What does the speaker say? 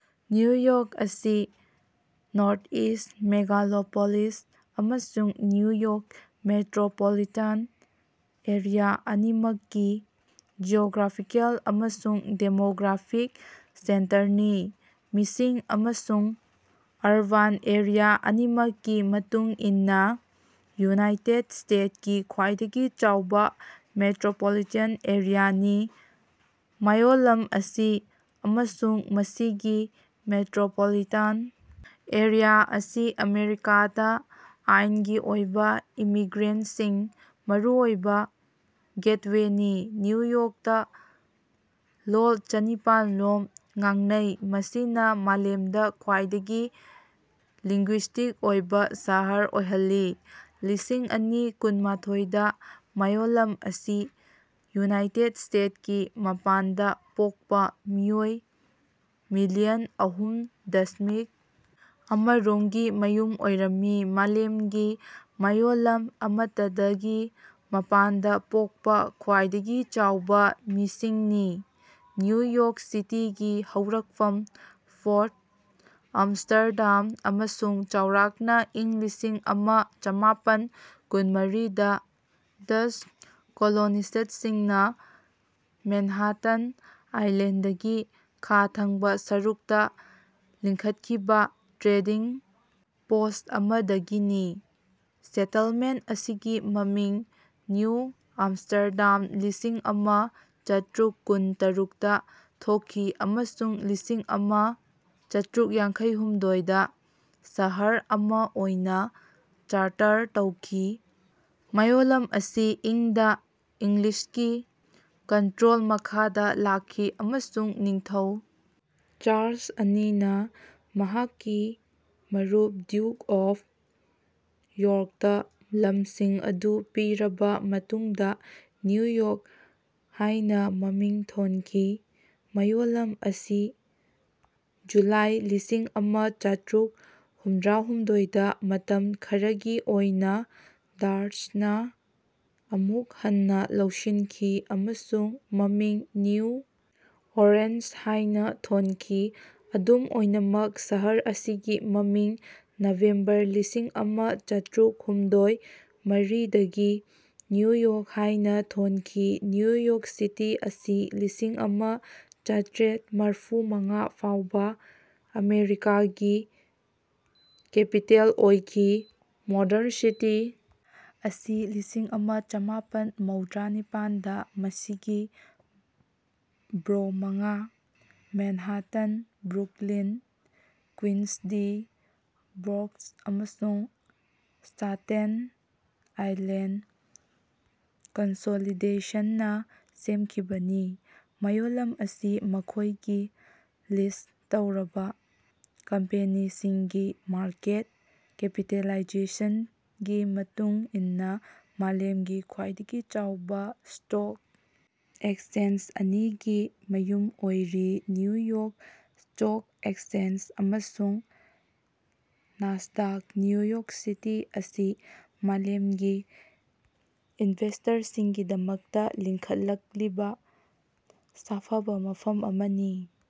New York ꯑꯁꯤ northeast megalopolis ꯑꯃꯁꯨꯡ New York metropolitan area ꯑꯅꯤꯃꯛꯀꯤ ꯖꯤꯑꯣꯒ꯭ꯔꯥꯐꯤꯀꯦꯜ ꯑꯃꯁꯨꯡ ꯗꯦꯃꯣꯒ꯭ꯔꯥꯐꯤꯛ ꯁꯦꯟꯇꯔꯅꯤ꯫ ꯃꯤꯁꯤꯡ ꯑꯃꯁꯨꯡ ꯑꯔꯕꯥꯟ ꯑꯦꯔꯤꯌꯥ ꯑꯅꯤꯃꯛꯀꯤ ꯃꯇꯨꯡ ꯏꯟꯅꯥ ꯌꯨꯅꯥꯏꯇꯦꯗ ꯁ꯭ꯇꯦꯠꯀꯤ ꯈ꯭ꯋꯥꯏꯗꯒꯤ ꯆꯥꯎꯕꯥ ꯃꯦꯇ꯭ꯔꯣꯄꯣꯂꯤꯇꯥꯟ ꯑꯦꯔꯤꯌꯥꯅꯤ꯫ ꯃꯌꯣꯜꯂꯝ ꯑꯁꯤ ꯑꯃꯁꯨꯡ ꯃꯁꯤꯒꯤ ꯃꯦꯇ꯭ꯔꯣꯄꯣꯂꯤꯇꯥꯟ ꯑꯦꯔꯤꯌꯥ ꯑꯁꯤ ꯑꯃꯦꯔꯤꯀꯥꯗꯥ ꯑꯥꯏꯟꯒꯤ ꯑꯣꯏꯕꯥ ꯏꯃꯤꯒ꯭ꯔꯦꯁꯟꯒꯤ ꯃꯔꯨꯑꯣꯏꯕꯥ ꯒꯦꯠꯋꯦꯅꯤ꯫ ꯅ꯭ꯌꯨ ꯌꯣꯔ꯭ꯀꯇꯥ ꯂꯣꯜ ꯆꯅꯤꯄꯥꯟꯔꯣꯝ ꯉꯥꯡꯅꯩ ꯃꯁꯤꯅꯥ ꯃꯥꯂꯦꯝꯗꯥ ꯈ꯭ꯋꯥꯏꯗꯒꯤ ꯂꯤꯉ꯭ꯒꯨꯏꯁ꯭ꯇꯤꯛ ꯑꯣꯏꯕꯥ ꯁꯍꯔ ꯑꯣꯏꯍꯜꯂꯤ꯫ ꯂꯤꯁꯤꯡ ꯑꯅꯤ ꯀꯨꯟꯃꯥꯊꯣꯏꯗꯥ ꯃꯌꯣꯜꯂꯝ ꯑꯁꯤ ꯌꯨꯅꯥꯏꯇꯦꯗ ꯁ꯭ꯇꯦꯠꯀꯤ ꯃꯄꯥꯟꯗꯥ ꯄꯣꯛꯄꯥ ꯃꯤꯑꯣꯏ ꯃꯤꯂꯤꯌꯟ ꯑꯍꯨꯝ ꯗꯁꯃꯤꯛ ꯑꯃꯔꯣꯝꯒꯤ ꯃꯌꯨꯝ ꯑꯣꯏꯔꯝꯃꯤ꯫ ꯃꯥꯂꯦꯝꯒꯤ ꯃꯌꯣꯜꯂꯝ ꯑꯃꯠꯇꯗꯒꯤ ꯃꯄꯥꯟꯗꯥ ꯄꯣꯛꯄꯥ ꯈ꯭ꯋꯥꯏꯗꯒꯤ ꯆꯥꯎꯕꯥ ꯃꯤꯁꯤꯡꯅꯤ꯫ ꯅ꯭ꯌꯨ ꯌꯣꯔ꯭ꯛ ꯁꯤꯇꯤꯒꯤ ꯍꯧꯔꯛꯐꯝ ꯐꯣꯔꯠ ꯑꯝꯁ꯭ꯇꯔꯗꯥꯝ ꯑꯃꯁꯨꯡ ꯆꯥꯎꯔꯥꯛꯅꯥ ꯏꯪ ꯂꯤꯁꯤꯡ ꯑꯃ ꯆꯃꯥꯄꯟ ꯀꯨꯟꯃꯔꯤꯗ ꯗꯆ꯭ꯁ ꯀꯣꯂꯣꯅꯤꯁ꯭ꯠꯁꯤꯡꯅꯥ ꯃꯦꯟꯍꯥꯇꯟ ꯑꯥꯏꯂꯦꯟꯗꯒꯤ ꯈꯥ ꯊꯪꯕꯥ ꯁꯔꯨꯛꯇꯥ ꯂꯤꯡꯈꯠꯈꯤꯕꯥ ꯇ꯭ꯔꯦꯗꯤꯡ ꯄꯣꯁ꯭ꯠ ꯑꯃꯗꯒꯤꯅꯤ꯫ ꯁꯦꯇꯜꯃꯦꯟꯠ ꯑꯁꯤꯒꯤ ꯃꯃꯤꯡ ꯅ꯭ꯌꯨ ꯑꯝꯁ꯭ꯇꯔꯗꯥꯝ ꯂꯤꯁꯤꯡ ꯑꯃ ꯆꯥꯇ꯭ꯔꯨꯛ ꯀꯨꯟ ꯇꯔꯨꯛꯇ ꯊꯣꯟꯈꯤ ꯑꯃꯁꯨꯡ ꯂꯤꯁꯤꯡ ꯑꯃ ꯆꯥꯇ꯭ꯔꯨꯛ ꯌꯥꯡꯈꯩꯍꯨꯝꯗꯣꯏꯗ ꯁꯍꯔ ꯑꯃꯥ ꯑꯣꯏꯅꯥ ꯆꯥꯔꯇꯔ ꯇꯧꯈꯤ꯫ ꯃꯌꯣꯜꯂꯝ ꯑꯁꯤ ꯏꯪ ꯗꯥ ꯏꯪꯂꯤꯁꯀꯤ ꯀꯟꯇ꯭ꯔꯣꯜ ꯃꯈꯥꯗꯥ ꯂꯥꯛꯈꯤ ꯑꯃꯁꯨꯡ ꯅꯤꯡꯊꯧ ꯆꯥꯔꯂꯁ ꯑꯅꯤꯅꯥ ꯃꯍꯥꯛꯀꯤ ꯃꯔꯨꯞ ꯗ꯭ꯌꯨꯛ ꯑꯣꯐ ꯌꯣꯔ꯭ꯛꯇꯥ ꯂꯝꯁꯤꯡ ꯑꯗꯨ ꯄꯤꯔꯕꯥ ꯃꯇꯨꯡꯗꯥ ꯅ꯭ꯌꯨ ꯌꯣꯔ꯭ꯛ ꯍꯥꯏꯅꯥ ꯃꯃꯤꯡ ꯊꯣꯟꯈꯤ꯫ ꯃꯌꯣꯜꯂꯝ ꯑꯁꯤ ꯖꯨꯂꯥꯏ ꯂꯤꯁꯤꯡ ꯑꯃ ꯆꯥꯇ꯭ꯔꯨꯛ ꯍꯨꯝꯗ꯭ꯔꯥꯍꯨꯝꯗꯣꯏꯗ ꯃꯇꯝ ꯈꯔꯒꯤ ꯑꯣꯏꯅꯥ ꯗꯆ꯭ꯁꯅꯥ ꯑꯃꯨꯛ ꯍꯟꯅꯥ ꯂꯧꯁꯤꯟꯈꯤ ꯑꯃꯁꯨꯡ ꯃꯃꯤꯡ ꯅ꯭ꯌꯨ ꯑꯣꯔꯦꯟꯖ ꯍꯥꯏꯅꯥ ꯊꯣꯟꯈꯤ ꯑꯗꯨꯝ ꯑꯣꯏꯅꯃꯛ ꯁꯍꯔ ꯑꯁꯤꯒꯤ ꯃꯃꯤꯡ ꯅꯕꯦꯝꯕꯔ ꯂꯤꯁꯤꯡ ꯑꯃ ꯆꯥꯇ꯭ꯔꯨꯛ ꯍꯨꯝꯗ꯭ꯔꯥ ꯃꯔꯤꯗꯒꯤ ꯅ꯭ꯌꯨ ꯌꯣꯔꯛ ꯍꯥꯏꯅꯥ ꯊꯣꯟꯈꯤ꯫ ꯅ꯭ꯌꯨ ꯌꯣꯔꯛ ꯁꯤꯇꯤ ꯑꯁꯤ ꯂꯤꯁꯤꯡ ꯑꯃ ꯆꯥꯇ꯭ꯔꯦꯠ ꯃꯔꯐꯨ ꯃꯉꯥ ꯐꯥꯎꯕꯥ ꯑꯃꯦꯔꯤꯀꯥꯒꯤ ꯀꯦꯄꯤꯇꯦꯜ ꯑꯣꯏꯈꯤ꯫ ꯃꯣꯗꯔꯟ ꯁꯤꯇꯤ ꯑꯁꯤ ꯂꯤꯁꯤꯡ ꯑꯃ ꯆꯃꯥꯄꯟ ꯃꯧꯗ꯭ꯔꯥ ꯅꯤꯄꯥꯟꯗ ꯃꯁꯤꯒꯤ ꯕꯔꯣ ꯃꯉꯥ Manhattan Brooklyn Queens the Bronx ꯑꯃꯁꯨꯡ ꯁ꯭ꯇꯥꯇꯦꯟ ꯑꯥꯏꯂꯦꯟꯗ ꯀꯟꯁꯣꯂꯤꯗꯦꯁꯟꯅꯥ ꯁꯦꯝꯈꯤꯕꯅꯤ꯫ ꯃꯌꯣꯜꯂꯝ ꯑꯁꯤ ꯃꯈꯣꯏꯒꯤ ꯂꯤꯁ꯭ꯠ ꯇꯧꯔꯕꯥ ꯀꯝꯄꯦꯅꯤꯁꯤꯡꯒꯤ ꯃꯥꯔꯀꯦꯠ ꯀꯦꯄꯤꯇꯦꯂꯥꯏꯖꯦꯁꯟꯒꯤ ꯃꯇꯨꯡ ꯏꯟꯅꯥ ꯃꯥꯂꯦꯝꯒꯤ ꯈ꯭ꯋꯥꯏꯗꯒꯤ ꯆꯥꯎꯕꯥ ꯁ꯭ꯇꯣꯛ ꯑꯦꯛꯆꯦꯟꯖ ꯑꯅꯤꯒꯤ ꯃꯌꯨꯝ ꯑꯣꯏꯔꯤ ꯅ꯭ꯌꯨ ꯌꯣꯔ꯭ꯛ ꯁ꯭ꯇꯣꯛ ꯑꯦꯛꯆꯦꯟꯖ ꯑꯃꯁꯨꯡ ꯅꯥꯁꯗꯥꯛ꯫ ꯅ꯭ꯌꯨ ꯌꯣꯔ꯭ꯛ ꯁꯤꯇꯤ ꯑꯁꯤ ꯃꯥꯂꯦꯝꯒꯤ ꯏꯟꯚꯦꯁꯇꯔꯁꯤꯡꯒꯤꯗꯃꯛꯇꯥ ꯂꯤꯡꯈꯠꯂꯛꯂꯤꯕꯥ ꯁꯥꯐꯕꯥ ꯃꯐꯝ ꯑꯃꯅꯤ꯫